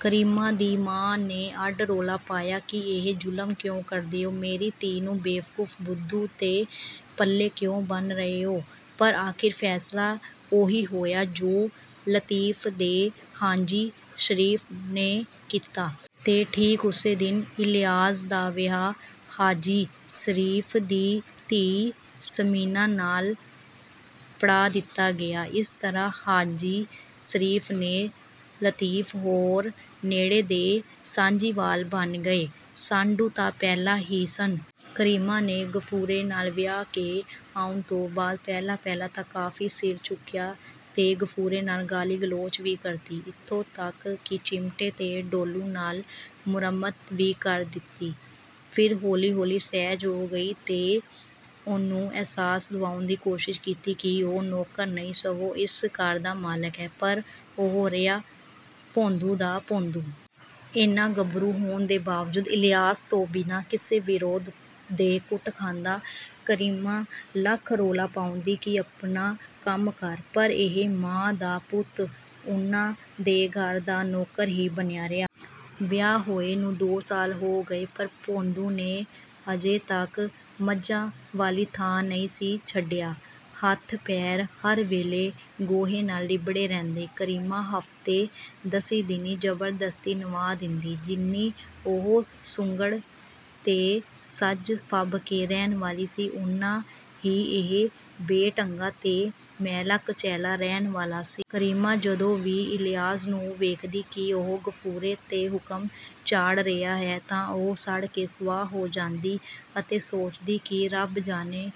ਕਰੀਮਾਂ ਦੀ ਮਾਂ ਨੇ ਅੱਡ ਰੌਲਾ ਪਾਇਆ ਕਿ ਇਹ ਜ਼ੁਲਮ ਕਿਉਂ ਕਰਦੇ ਓਂ? ਮੇਰੀ ਧੀ ਨੂੰ ਬੇਵਕੂਫ਼, ਬੁੱਧੂ ਦੇ ਪੱਲੇ ਕਿਉਂ ਬੰਨ੍ਹ ਰਹੇ ਓਂ? ਪਰ ਅਖ਼ੀਰ ਫ਼ੈਸਲਾ ਉਹੀ ਹੋਇਆ ਜੋ ਲਤੀਫ਼ ਦੇ ਹਾਜੀ ਸ਼ਰੀਫ਼ ਨੇ ਕੀਤਾ। ਤੇ ਠੀਕ ਓਸੇ ਦਿਨ ਇਲਿਆਸ ਦਾ ਵਿਆਹ ਹਾਜੀ ਸ਼ਰੀਫ਼ ਦੀ ਧੀ ਸਮੀਨਾ ਨਾਲ ਪੜ੍ਹਾ ਦਿੱਤਾ ਗਿਆ। ਇਸ ਤਰ੍ਹਾਂ ਹਾਜੀ ਸ਼ਰੀਫ਼ ਤੇ ਲਤੀਫ਼ ਹੋਰ ਨੇੜੇ ਦੇ ਸਾਂਝੀਵਾਲ ਬਣ ਗਏ। ਸਾਢੂ ਤਾਂ ਪਹਿਲਾਂ ਹੀ ਸਨ। ਕਰੀਮਾਂ ਨੇ ਗਫੂਰੇ ਨਾਲ ਵਿਆਹ ਕੇ ਆਉਣ ਤੋਂ ਬਾਅਦ ਪਹਿਲਾਂ-ਪਹਿਲਾਂ ਤਾਂ ਕਾਫ਼ੀ ਸਿਰ ਚੁੱਕਿਆ ਤੇ ਗਫੂਰੇ ਨਾਲ ਗਾਲੀ-ਗਲੋਚ ਵੀ ਕਰਦੀ। ਇੱਥੋਂ ਤੱਕ ਕਿ ਚਿਮਟੇ ਤੇ ਡੋਲੂ ਨਾਲ ਮੁਰੰਮਤ ਵੀ ਕਰ ਦਿੰਦੀ। ਫਿਰ ਹੌਲੀ-ਹੌਲੀ ਸਹਿਜ ਹੋ ਗਈ ਤੇ ਉਹਨੂੰ ਅਹਿਸਾਸ ਦਿਵਾਉਣ ਦੀ ਕੋਸ਼ਿਸ਼ ਕੀਤੀ ਕਿ ਉਹ ਨੌਕਰ ਨਹੀਂ, ਸਗੋਂ ਇਸ ਘਰ ਦਾ ਮਾਲਕ ਹੈ, ਪਰ ਉਹ ਰਿਹਾ ਭੌਂਦੂ ਦਾ ਭੌਂਦੂ। ਐਨਾ ਗੱਭਰੂ ਹੋਣ ਦੇ ਬਾਵਜੂਦ ਇਲਿਆਸ ਤੋਂ ਬਿਨਾ ਕਿਸੇ ਵਿਰੋਧ ਦੇ ਕੁੱਟ ਖਾਂਦਾ। ਕਰੀਮਾਂ ਲੱਖ ਰੌਲਾ ਪਾਉਂਦੀ ਕਿ ਆਪਣਾ ਕੰਮ ਕਰ, ਪਰ ਇਹ ਮਾਂ ਦਾ ਪੁੱਤ ਉਨ੍ਹਾਂ ਦੇ ਘਰ ਦਾ ਨੌਕਰ ਹੀ ਬਣਿਆ ਰਿਹਾ। ਵਿਆਹ ਹੋਏ ਨੂੰ ਦੋ ਸਾਲ ਹੋ ਗਏ, ਪਰ ਭੌਂਦੂ ਨੇ ਅਜੇ ਤੱਕ ਮੱਝਾਂ ਵਾਲੀ ਥਾਂ ਨਹੀਂ ਸੀ ਛੱਡਿਆ। ਹੱਥ-ਪੈਰ ਹਰ ਵੇਲੇ ਗੋਹੇ ਨਾਲ ਲਿੱਬੜੇ ਰਹਿੰਦੇ। ਕਰੀਮਾਂ ਹਫ਼ਤੇ-ਦਸੀਂ ਦਿਨੀਂ ਜ਼ਬਰਦਸਤੀ ਨਵ੍ਹਾ ਦਿੰਦੀ। ਜਿੰਨੀ ਉਹ ਸੁਘੜ ਤੇ ਸਜ-ਫਬ ਕੇ ਰਹਿਣ ਵਾਲੀ ਸੀ, ਓਨਾ ਹੀ ਇਹ ਬੇਢੰਗਾ ਤੇ ਮੈਲਾ-ਕੁਚੈਲਾ ਰਹਿਣ ਵਾਲਾ ਸੀ। ਕਰੀਮਾਂ ਜਦੋਂ ਵੀ ਇਲਿਆਸ ਨੂੰ ਵੇਖਦੀ ਕਿ ਉਹ ਗਫੂਰੇ 'ਤੇ ਹੁਕਮ ਝਾੜ ਰਿਹਾ ਹੈ, ਤਾਂ ਉਹ ਸੜ ਕੇ ਸਵਾਹ ਹੋ ਜਾਂਦੀ ਅਤੇ ਸੋਚਦੀ ਕਿ ਰੱਬ ਜਾਣੇ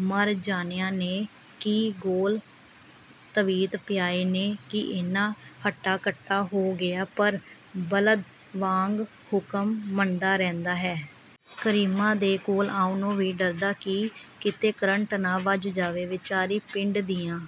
ਮਰ ਜਾਣਿਆਂ ਨੇ ਕੀ ਘੋਲ-ਤਵੀਤ ਪਿਆਏ ਨੇ ਕਿ ਐਨਾ ਹੱਟਾ-ਕੱਟਾ ਹੋ ਗਿਆ, ਪਰ ਬਲਦ ਵਾਂਗ ਹੁਕਮ ਮੰਨਦਾ ਰਹਿੰਦਾ ਹੈ। ਕਰੀਮਾਂ ਦੇ ਕੋਲ ਆਉਣੋਂ ਵੀ ਡਰਦਾ ਕਿ ਕਿਤੇ ਕਰੰਟ ਨਾ ਵੱਜ ਜਾਵੇ। ਵਿਚਾਰੀ ਪਿੰਡ ਦੀਆਂ...